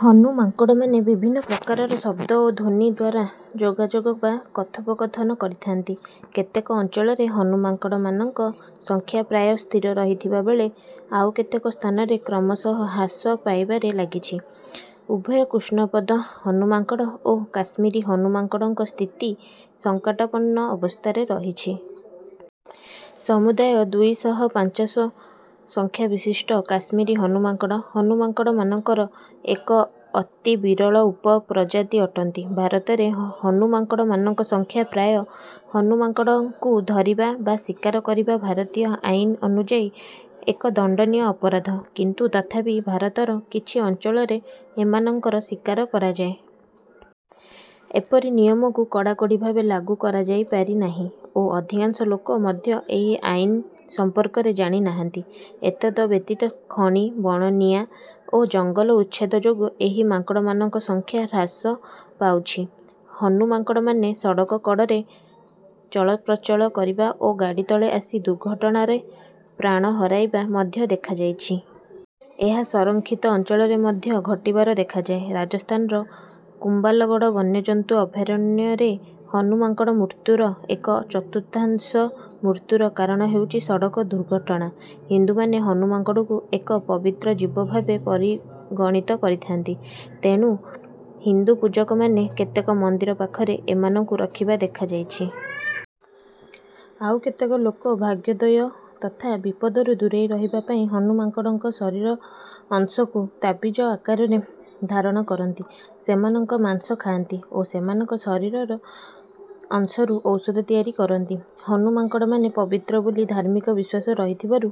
ହନୁ ମାଙ୍କଡ଼ମାନେ ବିଭିନ୍ନ ପ୍ରକାରର ଶବ୍ଦ ଓ ଧ୍ୱନି ଦ୍ୱାରା ଯୋଗାଯୋଗ ବା କଥୋପକଥନ କରିଥାନ୍ତି। କେତେକ ଅଞ୍ଚଳରେ ହନୁ ମାଙ୍କଡ଼ମାନଙ୍କ ସଂଖ୍ୟା ପ୍ରାୟ ସ୍ଥିର ରହିଥିବା ବେଳେ ଆଉ କେତେକ ସ୍ଥାନରେ କ୍ରମଶଃ ହ୍ରାସ ପାଇବାରେ ଲାଗିଛି। ଉଭୟ କୃଷ୍ଣପଦ ହନୁ ମାଙ୍କଡ଼ ଓ କାଶ୍ମୀରୀ ହନୁ ମାଙ୍କଡ଼ଙ୍କ ସ୍ଥିତି ସଙ୍କଟାପନ୍ନ ଅବସ୍ଥାରେ ରହିଛି। ସମୁଦାୟ ଦୁଇ ଶହ ପାଞ୍ଚାଶ ସଂଖ୍ୟାବିଶିଷ୍ଟ କାଶ୍ମୀରୀ ହନୁ ମାଙ୍କଡ଼, ହନୁ ମାଙ୍କଡ଼ମାନଙ୍କର ଏକ ଅତି ବିରଳ ଉପପ୍ରଜାତି ଅଟନ୍ତି। ଭାରତରେ ହନୁ ମାଙ୍କଡ଼ମାନଙ୍କ ସଂଖ୍ୟା ପ୍ରାୟ। ହନୁ ମାଙ୍କଡ଼ଙ୍କୁ ଧରିବା ବା ଶିକାର କରିବା ଭାରତୀୟ ଆଇନ ଅନୁଯାୟୀ ଏକ ଦଣ୍ଡନୀୟ ଅପରାଧ, କିନ୍ତୁ ତଥାପି ଭାରତର କିଛି ଅଞ୍ଚଳରେ ଏମାନଙ୍କର ଶିକାର କରାଯାଏ। ଏପରି ନିୟମକୁ କଡ଼ାକଡ଼ି ଭାବେ ଲାଗୁ କରାଯାଇପାରିନାହିଁ ଓ ଅଧିକାଂଶ ଲୋକ ମଧ୍ୟ ଏହି ଆଇନ ସମ୍ପର୍କରେ ଜାଣିନାହାନ୍ତି। ଏତଦ ବ୍ୟତୀତ ଖଣି, ବଣନିଆଁ ଓ ଜଙ୍ଗଲ ଉଚ୍ଛେଦ ଯୋଗୁଁ ଏହି ମାଙ୍କଡ଼ମାନଙ୍କ ସଂଖ୍ୟା ହ୍ରାସ ପାଉଛି। ହନୁ ମାଙ୍କଡ଼ମାନେ ସଡ଼କ କଡ଼ରେ ଚଳପ୍ରଚଳ କରିବା ଓ ଗାଡ଼ି ତଳେ ଆସି ଦୁର୍ଘଟଣାରେ ପ୍ରାଣ ହରାଇବା ମଧ୍ୟ ଦେଖାଯାଇଛି। ଏହା ସଂରକ୍ଷିତ ଅଞ୍ଚଳରେ ମଧ୍ୟ ଘଟିବାର ଦେଖାଯାଏ, ରାଜସ୍ଥାନର କୁମ୍ଭାଲଗଡ଼ ବନ୍ୟଜନ୍ତୁ ଅଭୟାରଣ୍ୟରେ ହନୁ ମାଙ୍କଡ଼ ମୃତ୍ୟୁର ଏକ ଚତୁର୍ଥାଂଶ ମୃତ୍ୟୁର କାରଣ ହେଉଛି ସଡ଼କ ଦୁର୍ଘଟଣା। ହିନ୍ଦୁମାନେ ହନୁ ମାଙ୍କଡ଼କୁ ଏକ ପବିତ୍ର ଜୀବ ଭାବେ ପରିଗଣିତ କରିଥାନ୍ତି। ତେଣୁ ହିନ୍ଦୁ ପୂଜକମାନେ କେତେକ ମନ୍ଦିର ପାଖରେ ଏମାନଙ୍କୁ ରଖିବା ଦେଖାଯାଇଛି। ଆଉ କେତେକ ଲୋକ ଭାଗ୍ୟୋଦୟ ତଥା ବିପଦରୁ ଦୂରେଇ ରହିବା ପାଇଁ ହନୁ ମାଙ୍କଡ଼ଙ୍କ ଶରୀର ଅଂଶକୁ ତାବିଜ ଆକାରରେ ଧାରଣ କରନ୍ତି, ସେମାନଙ୍କ ମାଂସ ଖାଆନ୍ତି ଓ ସେମାନଙ୍କ ଶରୀରର ଅଂଶରୁ ଔଷଧ ତିଆରି କରନ୍ତି। ହନୁ ମାଙ୍କଡ଼ମାନେ ପବିତ୍ର ବୋଲି ଧାର୍ମିକ ବିଶ୍ୱାସ ରହିଥିବାରୁ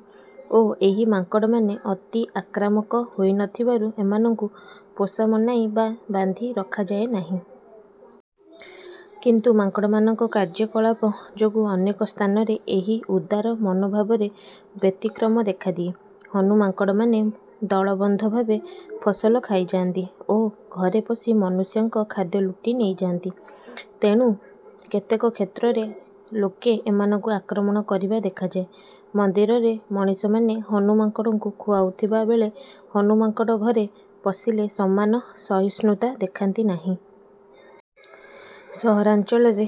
ଓ ଏହି ମାଙ୍କଡ଼ମାନେ ଅତି ଆକ୍ରାମକ ହୋଇନଥିବାରୁ ଏମାନଙ୍କୁ ପୋଷା ମନାଇ ବା ବାନ୍ଧି ରଖାଯାଏ ନାହିଁ। କିନ୍ତୁ ମାଙ୍କଡ଼ମାନଙ୍କ କାର୍ଯ୍ୟକଳାପ ଯୋଗୁଁ ଅନେକ ସ୍ଥାନରେ ଏହି ଉଦାର ମନୋଭାବରେ ବ୍ୟତିକ୍ରମ ଦେଖାଦିଏ। ହନୁ ମାଙ୍କଡ଼ମାନେ ଦଳବନ୍ଧ ଭାବେ ଫସଲ ଖାଇଯାଆନ୍ତି ଓ ଘରେ ପଶି ମନୁଷ୍ୟଙ୍କ ଖାଦ୍ୟ ଲୁଟି ନେଇଯାନ୍ତି। ତେଣୁ କେତେକ କ୍ଷେତ୍ରରେ ଲୋକେ ଏମାନଙ୍କୁ ଆକ୍ରମଣ କରିବା ଦେଖାଯାଏ। ମନ୍ଦିରରେ ମଣିଷମାନେ ହନୁ ମାଙ୍କଡ଼ଙ୍କୁ ଖୁଆଉଥିବା ବେଳେ ହନୁ ମାଙ୍କଡ଼ ଘରେ ପଶିଲେ ସମାନ ସହିଷ୍ଣୁତା ଦେଖାନ୍ତି ନାହିଁ। ସହରାଞ୍ଚଳରେ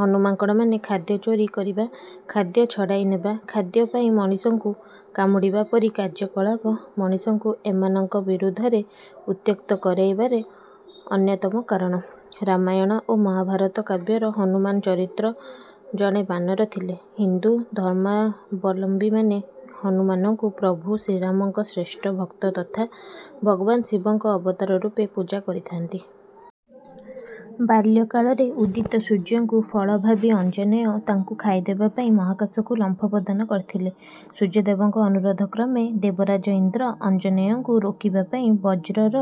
ହନୁ ମାଙ୍କଡ଼ମାନେ ଖାଦ୍ୟ ଚୋରି କରିବା, ଖାଦ୍ୟ ଛଡ଼ାଇ ନେବା, ଖାଦ୍ୟ ପାଇଁ ମଣିଷଙ୍କୁ କାମୁଡ଼ିବା ପରି କାର୍ଯ୍ୟକଳାପ ମଣିଷଙ୍କୁ ଏମାନଙ୍କ ବିରୋଧରେ ଉତ୍ତ୍ୟକ୍ତ କରାଇବାର ଅନ୍ୟତମ କାରଣ। ରାମାୟଣ ଓ ମହାଭାରତ କାବ୍ୟର ହନୁମାନ ଚରିତ୍ର ଜଣେ ବାନର ଥିଲେ। ହିନ୍ଦୁ ଧର୍ମାବଲମ୍ବୀମାନେ ହନୁମାନଙ୍କୁ ପ୍ରଭୁ ଶ୍ରୀରାମଙ୍କ ଶ୍ରେଷ୍ଠ ଭକ୍ତ ତଥା ଭଗବାନ ଶିବଙ୍କ ଅବତାର ରୂପେ ପୂଜା କରିଥାନ୍ତି। ବାଲ୍ୟକାଳରେ ଉଦିତ ସୂର୍ଯ୍ୟଙ୍କୁ ଫଳ ଭାବି ଅଞ୍ଜନେୟ ତାଙ୍କୁ ଖାଇଦେବା ପାଇଁ ମହାକାଶକୁ ଲମ୍ଫ ପ୍ରଦାନ କରିଥିଲେ। ସୂର୍ଯ୍ୟଦେବଙ୍କ ଅନୁରୋଧ କ୍ରମେ ଦେବରାଜ ଇନ୍ଦ୍ର ଅଞ୍ଜନେୟଙ୍କୁ ରୋକିବା ପାଇଁ ବଜ୍ରର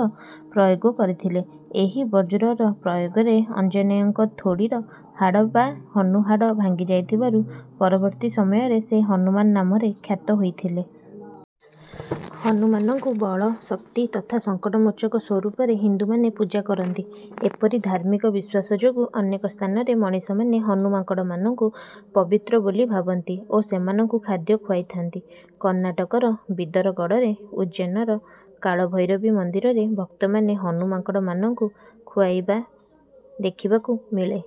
ପ୍ରୟୋଗ କରିଥିଲେ। ଏହି ବଜ୍ରର ପ୍ରୟୋଗରେ ଅଞ୍ଜନେୟଙ୍କ ଥୋଡ଼ିର ହାଡ଼ ବା ହନୁ ହାଡ଼ ଭାଙ୍ଗିଯାଇଥିବାରୁ ପରବର୍ତ୍ତୀ ସମୟରେ ସେ ହନୁମାନ ନାମରେ ଖ୍ୟାତ ହୋଇଥିଲେ। ହନୁମାନଙ୍କୁ ବଳ, ଶକ୍ତି ତଥା ସଙ୍କଟମୋଚକ ସ୍ୱରୂପରେ ହିନ୍ଦୁମାନେ ପୂଜା କରନ୍ତି। ଏପରି ଧାର୍ମିକ ବିଶ୍ୱାସ ଯୋଗୁଁ ଅନେକ ସ୍ଥାନରେ ମଣିଷମାନେ ହନୁ ମାଙ୍କଡ଼ମାନଙ୍କୁ ପବିତ୍ର ବୋଲି ଭାବନ୍ତି ଓ ସେମାନଙ୍କୁ ଖାଦ୍ୟ ଖୁଆଇଥାନ୍ତି। କର୍ଣ୍ଣାଟକର ବିଦର ଗଡ଼ରେ, ଉଜ୍ଜୈନର କାଳଭୈରବୀ ମନ୍ଦିରରେ ଭକ୍ତମାନେ ହନୁ ମାଙ୍କଡ଼ମାନଙ୍କୁ ଖୁଆଇବା ଦେଖିବାକୁ ମିଳେ।